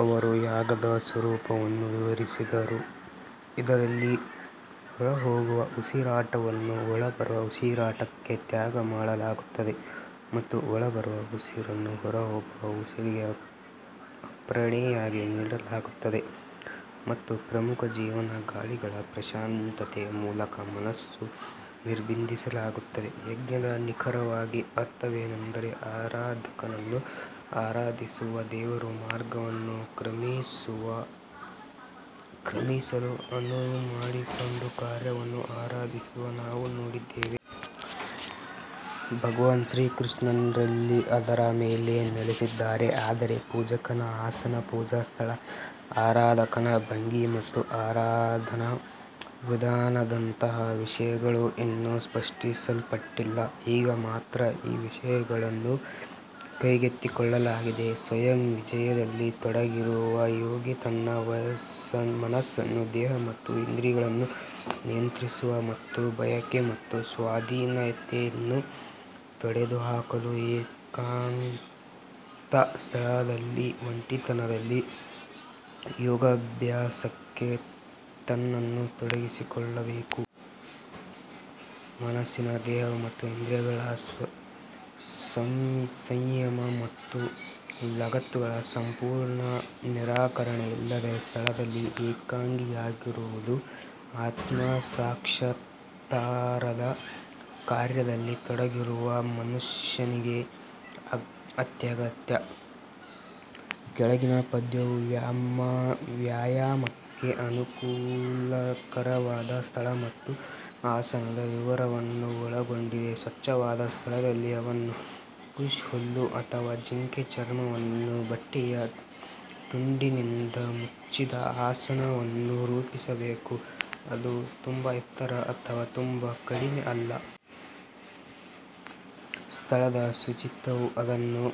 ಅವರು ಯಾಗದ ಸ್ವರೂಪವನ್ನು ವಿವರಿಸಿದರು ಇದರಲ್ಲಿ ಹೊರಹೋಗುವ ಉಸಿರಾಟವನ್ನು ಒಳಬರುವ ಉಸಿರಾಟಕ್ಕೆ ತ್ಯಾಗಮಾಡಲಾಗುತ್ತದೆ ಮತ್ತು ಒಳಬರುವ ಉಸಿರನ್ನು ಹೊರಹೋಗುವ ಉಸಿರಿಗೆ ಅರ್ಪಣೆಯಾಗಿ ನೀಡಲಾಗುತ್ತದೆ ಮತ್ತು ಪ್ರಮುಖ ಜೀವನ ಗಾಳಿಗಳ ಪ್ರಶಾಂತತೆಯ ಮೂಲಕ ಮನಸ್ಸನ್ನು ನಿರ್ಬಂಧಿಸಲಾಗುತ್ತದೆ. ಯಜ್ಞದ ನಿಖರವಾದ ಅರ್ಥವೇನೆಂದರೆ ಆರಾಧಕನನ್ನು ಆರಾಧಿಸುವ ದೇವರ ಮಾರ್ಗವನ್ನು ಕ್ರಮಿಸಲು ಅನುವು ಮಾಡಿಕೊಡುವ ಕಾರ್ಯವನ್ನು ಆರಾಧಿಸುವುದನ್ನು ನಾವು ನೋಡಿದ್ದೇವೆ. ಭಗವಾನ್ ಶ್ರೀಕೃಷ್ಣನು ರಲ್ಲಿ ಅದರ ಮೇಲೆ ನೆಲೆಸಿದ್ದಾನೆ ಆದರೆ ಪೂಜಕನ ಆಸನ ಪೂಜಾ ಸ್ಥಳ ಆರಾಧಕನ ಭಂಗಿ ಮತ್ತು ಆರಾಧನಾ ವಿಧಾನದಂತಹ ವಿಷಯಗಳು ಇನ್ನೂ ಸ್ಪರ್ಶಿಸಲ್ಪಟ್ಟಿಲ್ಲ. ಈಗ ಮಾತ್ರ ಈ ವಿಷಯಗಳನ್ನು ಕೈಗೆತ್ತಿಕೊಳ್ಳಲಾಗಿದೆ. ಸ್ವಯಂ ವಿಜಯದಲ್ಲಿ ತೊಡಗಿರುವ ಯೋಗಿ ತನ್ನ ಮನಸ್ಸನ್ನು ದೇಹ ಮತ್ತು ಇಂದ್ರಿಯಗಳನ್ನು ನಿಯಂತ್ರಿಸುವ ಮತ್ತು ಬಯಕೆ ಮತ್ತು ಸ್ವಾಧೀನತೆಯನ್ನು ತೊಡೆದುಹಾಕಲು ಏಕಾಂತ ಸ್ಥಳದಲ್ಲಿ ಒಂಟಿತನದಲ್ಲಿ ಯೋಗಾಭ್ಯಾಸಕ್ಕೆ ತನ್ನನ್ನು ತೊಡಗಿಸಿಕೊಳ್ಳಬೇಕು. ಮನಸ್ಸಿನ ದೇಹ ಮತ್ತು ಇಂದ್ರಿಯಗಳ ಸಂಯಮ ಮತ್ತು ಲಗತ್ತುಗಳ ಸಂಪೂರ್ಣ ನಿರಾಕರಣೆ ಇಲ್ಲದ ಸ್ಥಳದಲ್ಲಿ ಏಕಾಂಗಿಯಾಗಿರುವುದು ಆತ್ಮಸಾಕ್ಷಾತ್ಕಾರದ ಕಾರ್ಯದಲ್ಲಿ ತೊಡಗಿರುವ ಮನುಷ್ಯನಿಗೆ ಅತ್ಯಗತ್ಯ. ಕೆಳಗಿನ ಪದ್ಯವು ವ್ಯಾಯಾಮಕ್ಕೆ ಅನುಕೂಲಕರವಾದ ಸ್ಥಳ ಮತ್ತು ಆಸನದ ವಿವರವನ್ನು ಒಳಗೊಂಡಿದೆ. ಸ್ವಚ್ಛವಾದ ಸ್ಥಳದಲ್ಲಿ ಅವನು ಕುಶ್ ಹುಲ್ಲು ಅಥವಾ ಜಿಂಕೆ ಚರ್ಮವನ್ನು ಬಟ್ಟೆಯ ತುಂಡಿನಿಂದ ಮುಚ್ಚಿದ ಆಸನವನ್ನು ರೂಪಿಸಬೇಕು ಅದು ತುಂಬಾ ಎತ್ತರ ಅಥವಾ ತುಂಬಾ ಕಡಿಮೆ ಅಲ್ಲ. ಸ್ಥಳದ ಶುಚಿತ್ವವು ಅದನ್ನು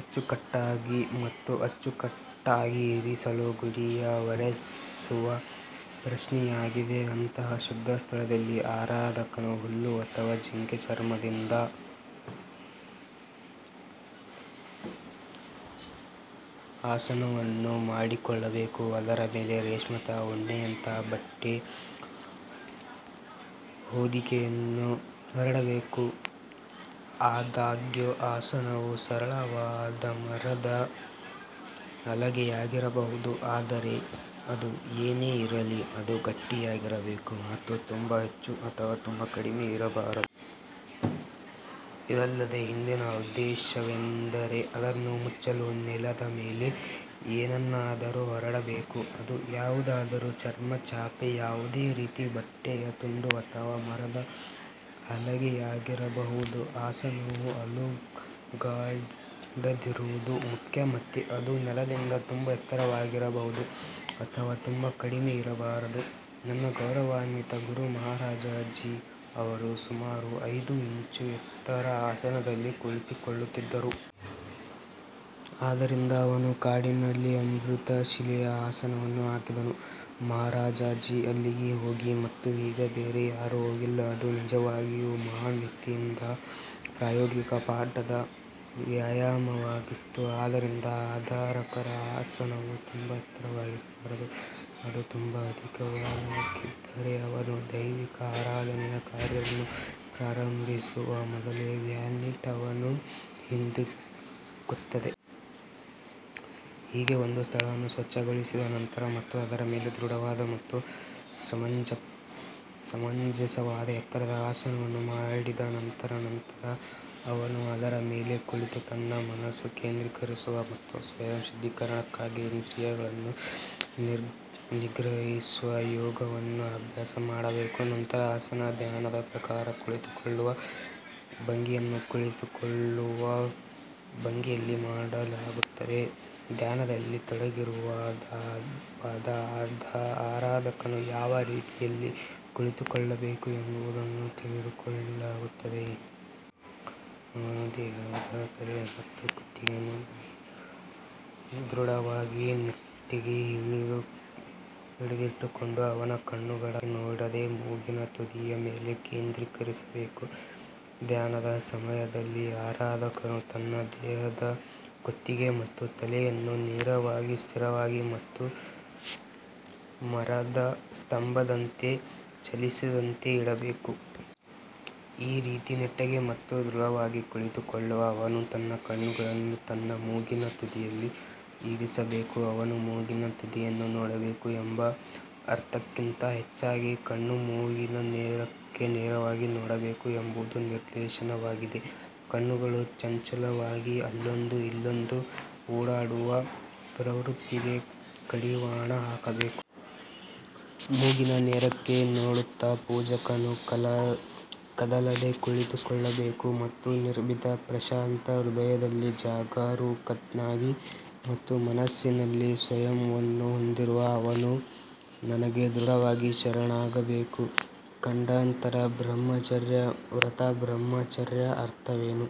ಅಚ್ಚುಕಟ್ಟಾಗಿ ಮತ್ತು ಅಚ್ಚುಕಟ್ಟಾಗಿ ಇರಿಸಲು ಗುಡಿಸಿ ಒರೆಸುವ ಪ್ರಶ್ನೆಯಾಗಿದೆ. ಅಂತಹ ಶುದ್ಧ ಸ್ಥಳದಲ್ಲಿ ಆರಾಧಕನು ಹುಲ್ಲು ಅಥವಾ ಜಿಂಕೆ ಚರ್ಮದಿಂದ ಆಸನವನ್ನು ಮಾಡಿಕೊಳ್ಳಬೇಕು ಅದರ ಮೇಲೆ ರೇಷ್ಮೆ ಅಥವಾ ಉಣ್ಣೆಯಂತಹ ಬಟ್ಟೆಯ ಹೊದಿಕೆಯನ್ನು ಹರಡಬೇಕು. ಆದಾಗ್ಯೂ ಆಸನವು ಸರಳವಾದ ಮರದ ಹಲಗೆಯಾಗಿರಬಹುದು ಆದರೆ ಅದು ಏನೇ ಇರಲಿ ಅದು ಗಟ್ಟಿಯಾಗಿರಬೇಕು ಮತ್ತು ತುಂಬಾ ಹೆಚ್ಚು ಅಥವಾ ತುಂಬಾ ಕಡಿಮೆ ಇರಬಾರದು. ಇದೆಲ್ಲದರ ಹಿಂದಿನ ಉದ್ದೇಶವೆಂದರೆ ಅದನ್ನು ಮುಚ್ಚಲು ನೆಲದ ಮೇಲೆ ಏನನ್ನಾದರೂ ಹರಡಬೇಕು ಅದು ಯಾವುದಾದರೂ ಚರ್ಮ ಚಾಪೆ ಯಾವುದೇ ರೀತಿಯ ಬಟ್ಟೆಯ ತುಂಡು ಅಥವಾ ಮರದ ಹಲಗೆಯಾಗಿರಬಹುದು. ಆಸನವು ಅಲುಗಾಡದಿರುವುದು ಮುಖ್ಯ ಮತ್ತೆ ಅದು ನೆಲದಿಂದ ತುಂಬಾ ಎತ್ತರವಾಗಿರಬಾರದು ಅಥವಾ ತುಂಬಾ ಕಡಿಮೆ ಇರಬಾರದು. ನನ್ನ ಗೌರವಾನ್ವಿತ ಗುರು ಮಹಾರಾಜ್ ಜಿ ಅವರು ಸುಮಾರು ಐದು ಇಂಚು ಎತ್ತರದ ಆಸನದಲ್ಲಿ ಕುಳಿತುಕೊಳ್ಳುತ್ತಿದ್ದರು. ಆದ್ದರಿಂದ ಅವನು ಕಾಡಿನಲ್ಲಿ ಅಮೃತಶಿಲೆಯ ಆಸನವನ್ನು ಹಾಕಿದನು. ಮಹಾರಾಜ್ ಜಿ ಅಲ್ಲಿಗೆ ಹೋಗಿಲ್ಲ ಮತ್ತು ಈಗ ಬೇರೆ ಯಾರೂ ಹೋಗಿಲ್ಲ. ಅದು ನಿಜವಾಗಿಯೂ ಮಹಾನ್ ವ್ಯಕ್ತಿಯಿಂದ ಪ್ರಾಯೋಗಿಕ ಪಾಠದ ವ್ಯಾಯಾಮವಾಗಿತ್ತು. ಆದ್ದರಿಂದ ಆರಾಧಕರ ಆಸನವು ತುಂಬಾ ಎತ್ತರವಾಗಿರಬಾರದು ಅದು ತುಂಬಾ ಅಧಿಕವಾಗಿದ್ದರೆ ಅವನು ದೈವಿಕ ಆರಾಧನೆಯ ಕಾರ್ಯವನ್ನು ಪ್ರಾರಂಭಿಸುವ ಮೊದಲೇ ವ್ಯಾನಿಟಿ ಅವನನ್ನು ಹಿಂದಿಕ್ಕುತ್ತದೆ. ಹೀಗೆ ಒಂದು ಸ್ಥಳವನ್ನು ಸ್ವಚ್ಛಗೊಳಿಸಿದ ನಂತರ ಮತ್ತು ಅದರ ಮೇಲೆ ದೃಢವಾದ ಮತ್ತು ಸಮಂಜಸವಾದ ಎತ್ತರದ ಆಸನವನ್ನು ಮಾಡಿದ ನಂತರ ನಂತರ ಅವನು ಅದರ ಮೇಲೆ ಕುಳಿತು ತನ್ನ ಮನಸ್ಸನ್ನು ಕೇಂದ್ರೀಕರಿಸುವ ಮತ್ತು ಸ್ವಯಂ ಶುದ್ಧೀಕರಣಕ್ಕಾಗಿ ಇಂದ್ರಿಯಗಳನ್ನು ನಿಗ್ರಹಿಸುವ ಯೋಗವನ್ನು ಅಭ್ಯಾಸ ಮಾಡಬೇಕು. ನಂತರ ಆಸನ ಧ್ಯಾನದ ಪ್ರಕಾರ ಕುಳಿತುಕೊಳ್ಳುವ ಭಂಗಿಯನ್ನು ಕುಳಿತುಕೊಳ್ಳುವ ಭಂಗಿಯಲ್ಲಿ ಮಾಡಲಾಗುತ್ತದೆ ಧ್ಯಾನದಲ್ಲಿ ತೊಡಗಿರುವಾಗ ಆರಾಧಕನು ಯಾವ ರೀತಿಯಲ್ಲಿ ಕುಳಿತುಕೊಳ್ಳಬೇಕು ಎಂಬುದನ್ನು ತೆಗೆದುಕೊಳ್ಳಲಾಗುತ್ತದೆ. ಅವನ ದೇಹದ ತಲೆ ಮತ್ತು ಕುತ್ತಿಗೆಯನ್ನು ದೃಢವಾಗಿ ನೆಟ್ಟಗೆ ಹಿಡಿದಿಟ್ಟುಕೊಂಡು ಅವನ ಕಣ್ಣುಗಳು ಬಲ ಅಥವಾ ಎಡಕ್ಕೆ ನೋಡದೆ ಮೂಗಿನ ತುದಿಯ ಮೇಲೆ ಕೇಂದ್ರೀಕರಿಸಬೇಕು. ಧ್ಯಾನದ ಸಮಯದಲ್ಲಿ ಆರಾಧಕನು ತನ್ನ ದೇಹದ ಕುತ್ತಿಗೆ ಮತ್ತು ತಲೆಯನ್ನು ನೇರವಾಗಿ ಸ್ಥಿರವಾಗಿ ಮತ್ತು ಮರದ ಸ್ತಂಭದಂತೆ ಚಲಿಸದಂತೆ ಇಡಬೇಕು. ಈ ರೀತಿ ನೆಟ್ಟಗೆ ಮತ್ತು ದೃಢವಾಗಿ ಕುಳಿತುಕೊಳ್ಳುವ ಅವನು ತನ್ನ ಕಣ್ಣುಗಳನ್ನು ತನ್ನ ಮೂಗಿನ ತುದಿಯಲ್ಲಿ ಇರಿಸಬೇಕು. ಅವನು ಮೂಗಿನ ತುದಿಯನ್ನು ನೋಡಬೇಕು ಎಂಬ ಅರ್ಥಕ್ಕಿಂತ ಹೆಚ್ಚಾಗಿ ಕಣ್ಣುಗಳು ಮೂಗಿನ ನೇರಕ್ಕೆ ನೇರವಾಗಿ ನೋಡಬೇಕು ಎಂಬುದು ನಿರ್ದೇಶನವಾಗಿದೆ. ಕಣ್ಣುಗಳು ಚಂಚಲವಾಗಿ ಅಲ್ಲೊಂದು ಇಲ್ಲೊಂದು ಓಡಾಡುವ ಪ್ರವೃತ್ತಿಗೆ ಕಡಿವಾಣ ಹಾಕಬೇಕು. ಮೂಗಿನ ನೇರಕ್ಕೆ ನೋಡುತ್ತಾ ಪೂಜಕನು ಕದಲದೆ ಕುಳಿತುಕೊಳ್ಳಬೇಕು ಮತ್ತು ನಿರ್ಭೀತ ಪ್ರಶಾಂತ ಹೃದಯದಲ್ಲಿ ಜಾಗರೂಕನಾಗಿ ಮತ್ತು ಮನಸ್ಸಿನಲ್ಲಿ ಸಂಯಮವನ್ನು ಹೊಂದಿರುವ ಅವನು ನನಗೆ ದೃಢವಾಗಿ ಶರಣಾಗಬೇಕು. ಖಂಡಾಂತರ ಬ್ರಹ್ಮಚರ್ಯ ವ್ರತ ಬ್ರಹ್ಮಚರ್ಯದ ಅರ್ಥವೇನು?